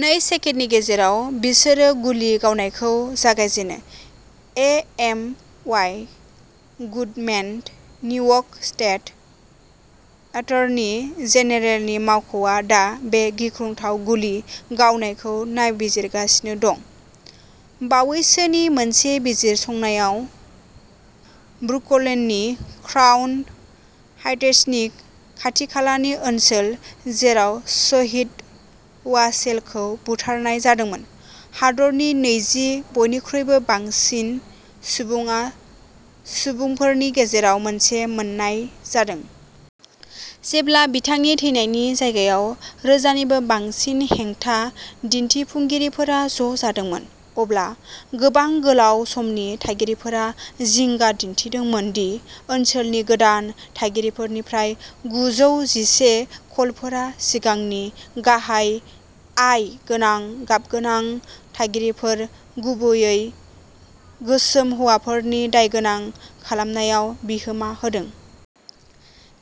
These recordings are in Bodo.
नै सेकेन्डनि गेजेराव, बिसोरो गुलि गावनायखौ जागायजेनो। A. M. Y. Goodman New York state attorney जेनेरेलनि मावख'आ दा बे गिख्रंथाव गुलि गावनायखौ नायबिजिरगासिनो दं। बावैसोनि मोनसे बिजिरसंनायाव ब्रुकलिननि क्राउन हाइट्सनि खाथिखालानि ओनसोल, जेराव शहीद अवासेलखौ बुथारनाय जादोंमोन, हादरनि नैजि बयनिख्रुइबो बांसिन सुबुङा सुबुंफोरनि गेजेराव मोनसे मोननाय जादों। जेब्ला बिथांनि थैनायनि जायगायाव रोजानिबो बांसिन हेंथा दिन्थिफुंगिरिफोरा ज' जादोंमोन, अब्ला गोबां गोलाव समनि थागिरिफोरा जिंगा दिन्थिदोंमोन दि ओनसोलनि गोदान थागिरिफोरनिफ्राय गुजौ जिसे कलफोरा सिगांनि, गाहाय आय गोनां गाबगोनां थागिरिफोर, गुबैयै गोसोम हौवाफोरनि दायगोनां खालामनायाव बिहोमा होदों।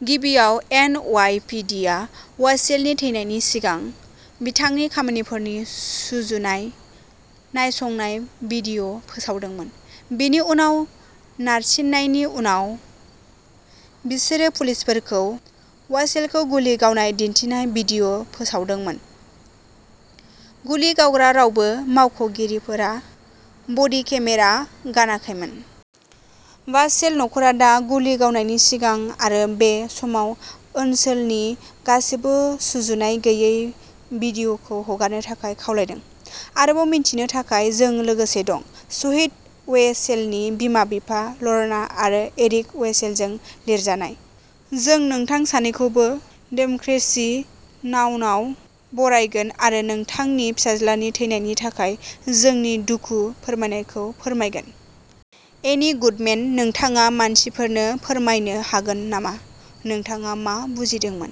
गिबियाव, एन. अवाइ. पि. दि. आ अवासेलनि थैनायनि सिगां बिथांनि खामानिफोरनि सुजुनाय नायसंनाय भिडिअ फोसावदोंमोन। बेनि उनाव, नारसिननायनि उनाव, बिसोरो पुलिसफोरखौ अवासेलखौ गुलि गावनाय दिन्थिनाय भिडिअ फोसावदोंमोन। गुलि गावग्रा रावबो मावख'गिरिफोरा बडि केमेरा गानाखैमोन। भासेल नखरा दा गुलि गावनायनि सिगां आरो बे समाव ओनसोलनि गासिबो सुजुनाय गैयै भिडिअखौ हगारनो थाखाय खावलायदों। आरोबाव मिथिनो थाखाय, जों लोगोसे दं। शहीद अवेसेलनि बिमा-बिफा ल'रना आरो एरिक अवेसेलजों लिरजानाय। जों नोंथां सानैखौबो डेमक्रेसि नाउआव बरायगोन आरो नोंथांनि फिसाज्लानि थैनायनि थाखाय जोंनि दुखु फोरमायनायखौ फोरमायगोन। एमी गुडमेन नोंथाङा मानसिफोरनो फोरमायनो हागोन नामा नोंथाङा मा बुजिदोंमोन?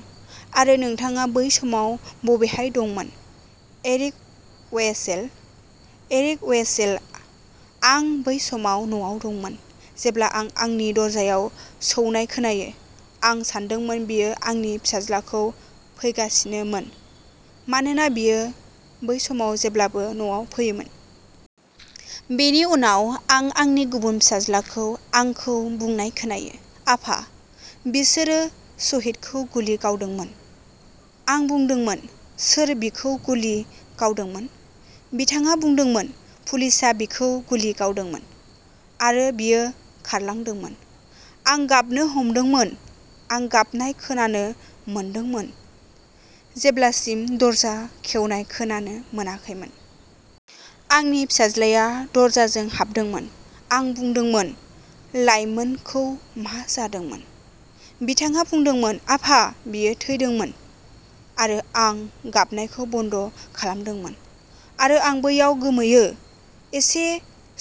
आरो नोंथाङा बै समाव बबेहाय दंमोन, एरिक अवेसेल? एरिक अवेसेल- आं बै समाव न'आव दंमोन, जेब्ला आं आंनि दरजायाव सौनाय खोनायो। आं सानदोंमोन बेयो आंनि फिसाज्लाखौ फैगासिनोमोन, मानोना बियो बै समाव जेब्लाबो न'आव फैयोमोन। बेनि उनाव आं आंनि गुबुन फिसाज्लाखौ आंखौ बुंनाय खोनायो, "आफा, बिसोरो शहीदखौ गुलि गावदोंमोन।" आं बुंदोंमोन, "सोर बिखौ गुलि गावदोंमोन?" बिथाङा बुंदोंमोन, "पुलिसआ बिखौ गुलि गावदोंमोन।" आरो बियो खारलांदोंमोन। आं गाबनो हमदोंमोन। आं गाबनाय खोनानो मोनदोंमोन जेब्लासिम दरजा खेवनाय खोनानो मोनाखैमोन। आंनि फिसाज्लाया दरजाजों हाबदोंमोन। आं बुंदोंमोन, "लाइमोनखौ मा जादोंमोन?" बिथाङा बुंदोंमोन, "आफा, बियो थैदोंमोन।" आरो आं गाबनायखौ बन्द खालामदोंमोन। आरो आं बैयाव गोमोयो। एसे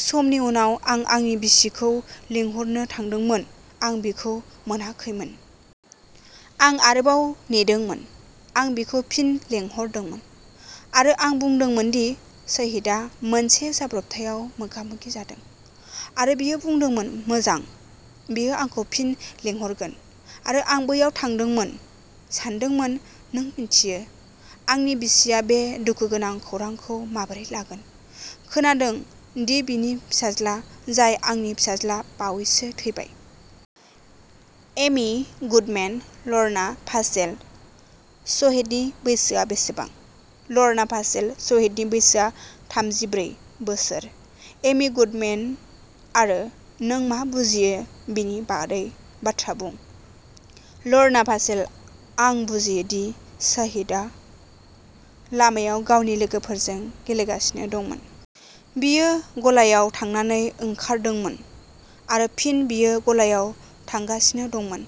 समनि उनाव, आं आंनि बिसिखौ लिंहरनो थांदोंमोन। आं बिखौ मोनाखैमोन। आं आरोबाव नेदोंमोन। आं बिखौ फिन लिंहरदोंमोन, आरो आं बुंदोंमोन दि साहिदआ मोनसे जाब्रबथायाव मोगा-मोगि जादों। आरो बियो बुंदोंमोन, "मोजां", बियो आंखौ फिन लिंहरगोन। आरो आं बैयाव थादोंमोन, सानदोंमोन, नों मिथियो, आंनि बिसिया बे दुखुगोनां खौरांखौ माबोरै लागोन, खोनादों दि बिनि फिसाज्ला, जाय आंनि फिसाज्ला बावैसो थैबाय। एमि गुडमेन लर्ना भासेल, शहीदनि बैसोआ बेसेबां? लर्ना भासेल शहीदनि बैसोआ थामजि ब्रै बोसोर। एमि गुडमेन आरो नों मा बुजियो बेनि बादै बाथ्रा बुं। लर्ना भासेल आं बुजियो दि साहिदआ लामायाव गावनि लोगोफोरजों गेलेगासिनो दंमोन। बियो गलाआव थांनानै ओंखारदोंमोन। आरो फिन बियो गलायाव थांगासिनो दंमोन।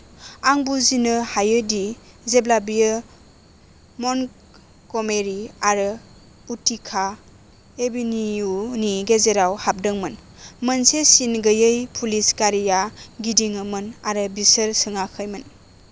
आं बुजिनो हायोदि जेब्ला बियो मन्टगमेरि आरो उटिका एभेनियुनि गेजेराव हाबदोंमोन, मोनसे सिन गैयै पुलिस गारिआ गिदिङोमोन, आरो बिसोर सोङाखैमोन।